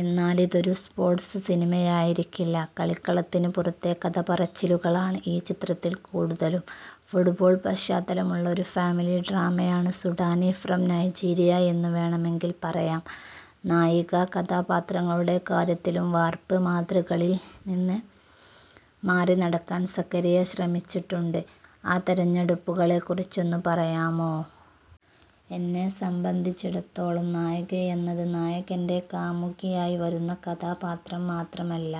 എന്നാലിതൊരു sports സിനിമയായിരിക്കില്ല. കളിക്കളത്തിനു പുറത്തെ കഥപറച്ചിലുകളാണ് ഈ ചിത്രത്തിൽ കൂടുതലും. ഫുട്ബാൾ പശ്ചാത്തലമുള്ള ഒരു ഫാമിലി ഡ്രാമയാണു സുഡാനി ഫ്രം നൈജീരിയ എന്നു വേണമെങ്കിൽ പറയാം. നായികാ കഥാപാത്രങ്ങളുടെ കാര്യത്തിലും വാർപ്പ്മാതൃകളിൽ നിന്ന് മാറി നടക്കാൻ സക്കരിയ ശ്രമിച്ചിട്ടുണ്ട്. ആ തെരഞ്ഞെടുപ്പുകളെ കുറിച്ചൊന്നു പറയാമോ? എന്നെ സംബന്ധിച്ചിടത്തോളം നായികയെന്നത് നായകന്റെ കാമുകിയായി വരുന്ന കഥാപാത്രം മാത്രമല്ല.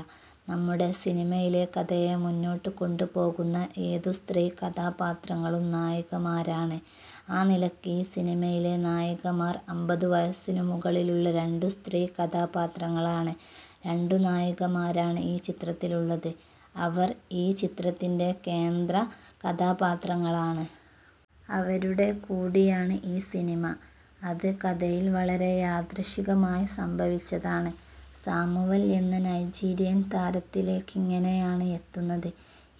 നമ്മുടെ സിനിമയിലെ കഥയെ മുന്നോട്ടു കൊണ്ടുപോകുന്ന ഏതു സ്ത്രീ കഥാപാത്രങ്ങളും നായികമാരാണ്. ആ നിലക്ക് ഈ സിനിമയിലെ നായികമാർ അമ്പതു വയസ്സിനു മുകളിലുള്ള രണ്ടു സ്ത്രീ കഥാപാത്രങ്ങളാണ്. രണ്ടു നായികമാരാണ് ഈ ചിത്രത്തിലുള്ളത്. അവർ ഈ ചിത്രത്തിന്റെ കേന്ദ്ര കഥാപാത്രങ്ങളാണ്. അവരുടെ കൂടിയാണ് ഈ സിനിമ. അത് കഥയിൽ വളരെ യാദൃശ്ചികമായി സംഭവിച്ചതാണ്. സാമുവൽ എന്ന നൈജീരിയൻ താരത്തിലേക്കെങ്ങിനെയാണ് എത്തുന്നത്?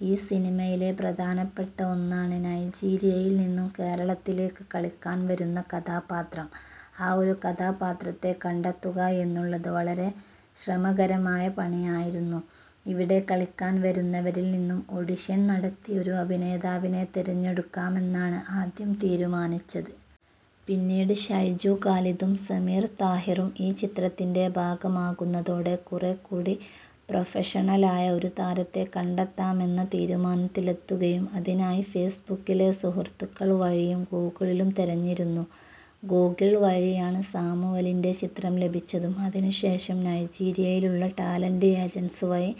ഈ സിനിമയിലെ പ്രധാനപ്പെട്ട ഒന്നാണ് നൈജീരിയയിൽ നിന്നും കേരളത്തിലേക്ക് കളിക്കാൻ വരുന്ന കഥാപാത്രം. ആ ഒരു കഥാപാത്രത്തെ കണ്ടെത്തുക എന്നുള്ളത് വളരെ ശ്രമകരമായ പണിയായിരുന്നു. ഇവിടെ കളിക്കാൻ വരുന്നവരിൽ നിന്നും ഓഡിഷൻ നടത്തി ഒരു അഭിനേതാവിനെ തെരഞ്ഞെടുക്കാമെന്നാണ് ആദ്യം തീരുമാനിച്ചത്. പിന്നീട് ഷൈജു ഖാലിദും സമീർ താഹിറും ഈ ചിത്രത്തിന്റെ ഭാഗമാകുന്നതോടെ കുറേ കൂടി പ്രോഫഷണലായ ഒരു താരത്തെ കണ്ടെത്താം എന്ന തീരുമാനത്തിലെത്തുകയും. അതിനായി ഫേസ്ബുക്കിലെ സുഹൃത്തുക്കൾ വഴിയും ഗൂഗിളിലും തെരഞ്ഞിരുന്നു. ഗൂഗിൾ വഴിയാണ് സാമുവലിന്റെ ചിത്രം ലഭിച്ചതും. അതിനു ശേഷം നൈജീരിയയിലുള്ള ടാലന്റ് ഏജൻസ് വഴി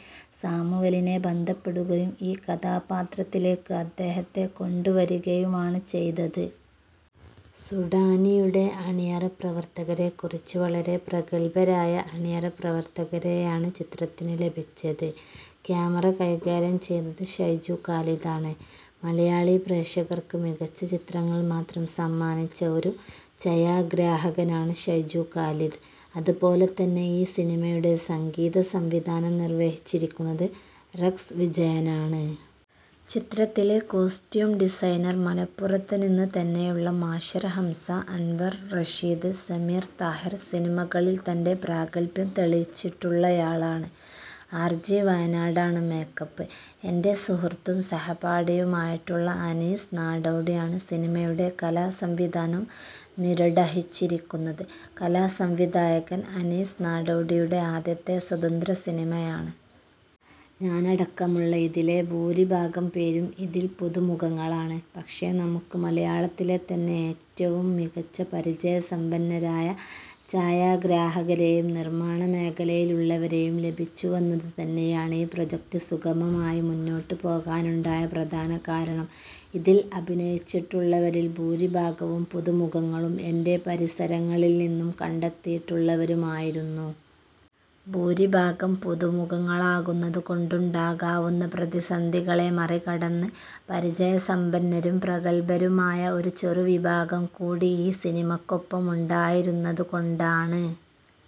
സാമുവലിനെ ബന്ധപ്പെടുകയും ഈ കഥാപാത്രത്തിലേക്ക് അദ്ദേഹത്തെ കൊണ്ട് വരികയുമാണ് ചെയ്തത്. സുഡാനിയുടെ അണിയറപ്രവർത്തകരെ കുറിച്ച്? വളരെ പ്രഗല്ഭരായ അണിയറപ്രവർത്തകരെയാണ് ചിത്രത്തിന് ലഭിച്ചത്. കാമറ കൈകാര്യം ചെയ്തത് ഷൈജു ഖാലിദ് ആണ്. മലയാളി പ്രേക്ഷകര്ക്ക് മികച്ച ചിത്രങ്ങൾ മാത്രം സമ്മാനിച്ച ഒരു ഛയാഗ്രാഹകനാണ് ഷൈജു ഖാലിദ്. അത് പോലെ തന്നെ ഈ സിനിമയുടെ സംഗീത സംവിധാനം നിർവഹിച്ചിരിക്കുന്നത് റെക്സ് വിജയനാണ്. ചിത്രത്തിലെ കോസ്റ്റ്യൂം ഡിസൈനർ മലപ്പുറത്ത് നിന്ന് തന്നെയുള്ള മാഷർ ഹംസ, അൻവർ റഷീദ്, സമീർ താഹിർ സിനിമകളിൽ തന്റെ പ്രാഗത്ഭ്യം തെളിയിച്ചിട്ടുള്ളയാളാണ്. ആർ ജി വയനാടാണ് മേക് അപ്പ്. എന്റെ സുഹൃത്തും സഹപാഠിയുമായിട്ടുള്ള അനീസ് നാടോടിയാണ് സിനിമയുടെ കലാ സംവിധാനം നിര്വടഹിച്ചിരിക്കുന്നത്. കലാ സംവിധായകൻ അനീസ് നാടോടിയുടെ ആദ്യത്തെ സ്വതന്ത്ര സിനിമയാണ്. ഞാനടക്കമുള്ള ഇതിലെ ഭൂരിഭാഗം പേരും ഇതിൽ പുതുമുഖങ്ങളാണ്. പക്ഷെ നമുക്ക് മലയാളത്തിലെ തന്നെ ഏറ്റവും മികച്ച, പരിചയസമ്പന്നരായ ചായഗ്രാഹകരെയും നിർമ്മാണ മേഖലയിലുള്ളവരെയും ലഭിച്ചുവെന്നത് തന്നെയാണ് ഈ പ്രൊജക്റ്റ് സുഗമമായി മുന്നോട്ട് പോകനുണ്ടായ പ്രധാന കാരണം. ഇതിൽ അഭിനയിച്ചിട്ടുള്ളവരിൽ ഭൂരിഭാഗവും പുതുമുഖങ്ങളും എന്റെ് പരിസരങ്ങളിൽ നിന്നും കണ്ടെത്തിയിട്ടുള്ളവരുമായിരുന്നു. ഭൂരിഭാഗം പുതുമുഖങ്ങളാകുന്നത് കൊണ്ടുണ്ടാകാവുന്ന പ്രതിസന്ധികളെ മറികടന്നത് പരിചയസമ്പന്നരും പ്രഗൽഭരുമായ ഒരു ചെറു വിഭാഗം കൂടി ഈ സിനിമക്കൊപ്പം ഉണ്ടായിരുന്നത് കൊണ്ടാണ്.